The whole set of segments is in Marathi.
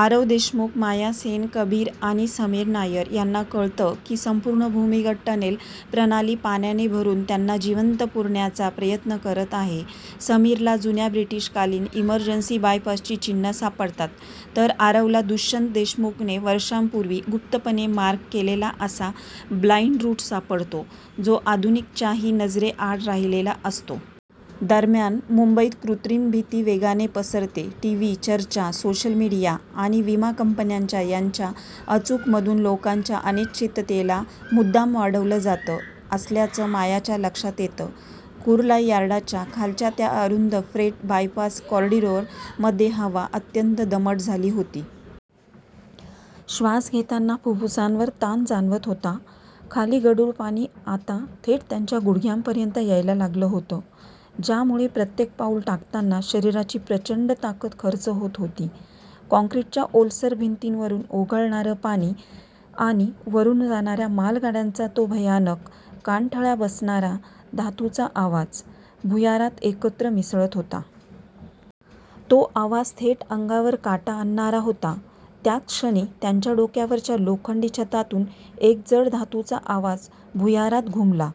आरव देशमुख, माया सेन, कबीर आणि समीर नायर यांना कळतं की संपूर्ण भूमिगत टनेल प्रणाली पाण्याने भरून त्यांना जिवंत पुरण्याचा प्रयत्न करत आहे. समीरला जुन्या ब्रिटिशकालीन इमर्जन्सी बायपासची चिन्हं सापडतात, तर आरवला दुष्यंत देशमुखने वर्षांपूर्वी गुप्तपणे मार्क केलेला असा "ब्लाइंड रूट" सापडतो, जो आधुनिक च्याही नजरेआड राहिलेला असतो. दरम्यान मुंबईत कृत्रिम भीती वेगाने पसरते. टीव्ही चर्चा, सोशल मीडिया आणि विमा कंपन्यांच्या यांच्या अचूक मधून लोकांच्या अनिश्चिततेला मुद्दाम वाढवलं जात असल्याचं मायाच्या लक्षात येतं. कुर्ला यार्डाच्या खालच्या त्या अरुंद 'फ्रेट बायपास कॉरिडॉर'मध्ये हवा अत्यंत दमट झाली होती. श्वास घेताना फुफ्फुसांवर ताण जाणवत होता. खाली गढूळ पाणी आता थेट त्यांच्या गुडघ्यापर्यंत यायला लागलं होतं, ज्यामुळे प्रत्येक पाऊल टाकताना शरीराची प्रचंड ताकद खर्च होत होती. काँक्रीटच्या ओलसर भिंतींवरून ओघळणारं पाणी आणि वरून जाणाऱ्या मालगाड्यांचा तो भयानक, कानठळ्या बसवणारा धातूचा आवाज भुयारात एकत्र मिसळत होता. तो आवाज थेट अंगावर काटा आणणारा होता. त्याच क्षणी त्यांच्या डोक्यावरच्या लोखंडी छतातून एक जड धातूचा आवाज भुयारात घुमला.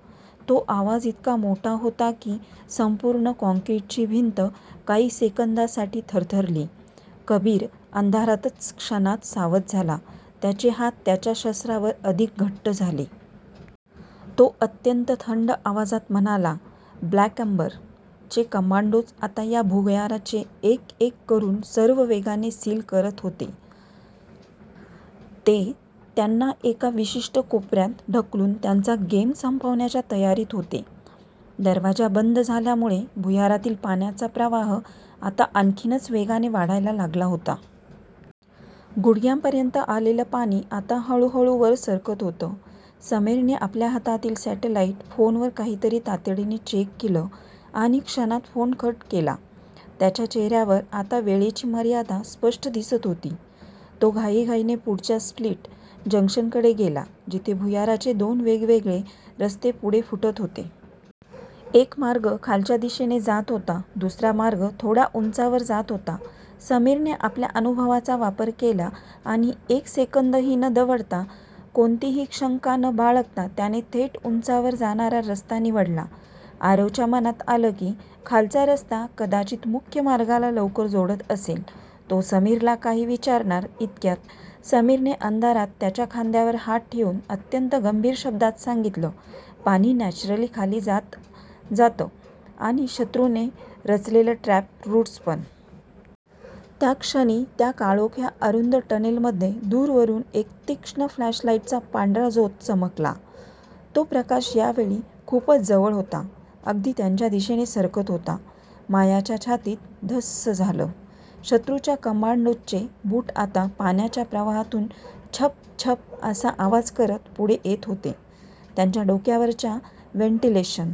तो आवाज इतका मोठा होता की, संपूर्ण काँक्रीटची भिंत काही सेकंदांसाठी थरथरली. कबीर अंधारातच क्षणात सावध झाला, त्याचे हात त्याच्या शस्त्रावर अधिक घट्ट झाले. तो अत्यंत थंड आवाजात म्हणाला, 'ब्लॅक एम्बर'चे कमांडोज आता या भुयाराचे एक-एक करून सर्व वेगाने सील करत होते. ते त्यांना एका विशिष्ट कोपऱ्यात ढकलून त्यांचा गेम संपवण्याच्या तयारीत होते. दरवाजा बंद झाल्यामुळे भुयारातील पाण्याचा प्रवाह आता आणखीनच वेगाने वाढायला लागला होता. गुडघ्यापर्यंत आलेलं पाणी आता हळूहळू वर सरकत होतं. समीरने आपल्या हातातील सॅटेलाईट फोनवर काहीतरी तातडीने चेक केलं आणि क्षणात फोन कट केला. त्याच्या चेहऱ्यावर आता वेळेची मर्यादा स्पष्ट दिसत होती. तो घाईघाईने पुढच्या स्प्लिट जंक्शनकडे गेला, जिथे भुयाराचे दोन वेगवेगळे रस्ते पुढे फुटत होते. एक मार्ग खालच्या दिशेने जात होता. दुसरा मार्ग थोडा उंचावर जात होता. समीरने आपल्या अनुभवाचा वापर केला आणि एक सेकंदही न दवडता, कोणतीही शंका न बाळगता त्याने थेट उंचावर जाणारा रस्ता निवडला. आरवच्या मनात आलं की, खालचा रस्ता कदाचित मुख्य मार्गाला लवकर जोडत असेल, तो समीरला काही विचारणार इतक्यात समीरने अंधारात त्याच्या खांद्यावर हात ठेवून अत्यंत गंभीर शब्दात सांगितलं, "पाणी नॅचरली खाली जातं आणि शत्रूने रचलेले ट्रॅप रूट्स पण! " त्याच क्षणी त्या काळोख्या, अरुंद टनेलमध्ये दूरवरून एक तीक्ष्ण फ्लॅशलाईटचा पांढरा झोत चमकला. तो प्रकाश यावेळी खूपच जवळ होता, अगदी त्यांच्या दिशेनेच सरकत होता. मायाच्या छातीत धस्स झालं; शत्रूच्या कमांडोजचे बूट आता पाण्याच्या प्रवाहातून छपछप असा आवाज करत पुढे येत होते. त्यांच्या डोक्यावरच्या वेंटिलेशन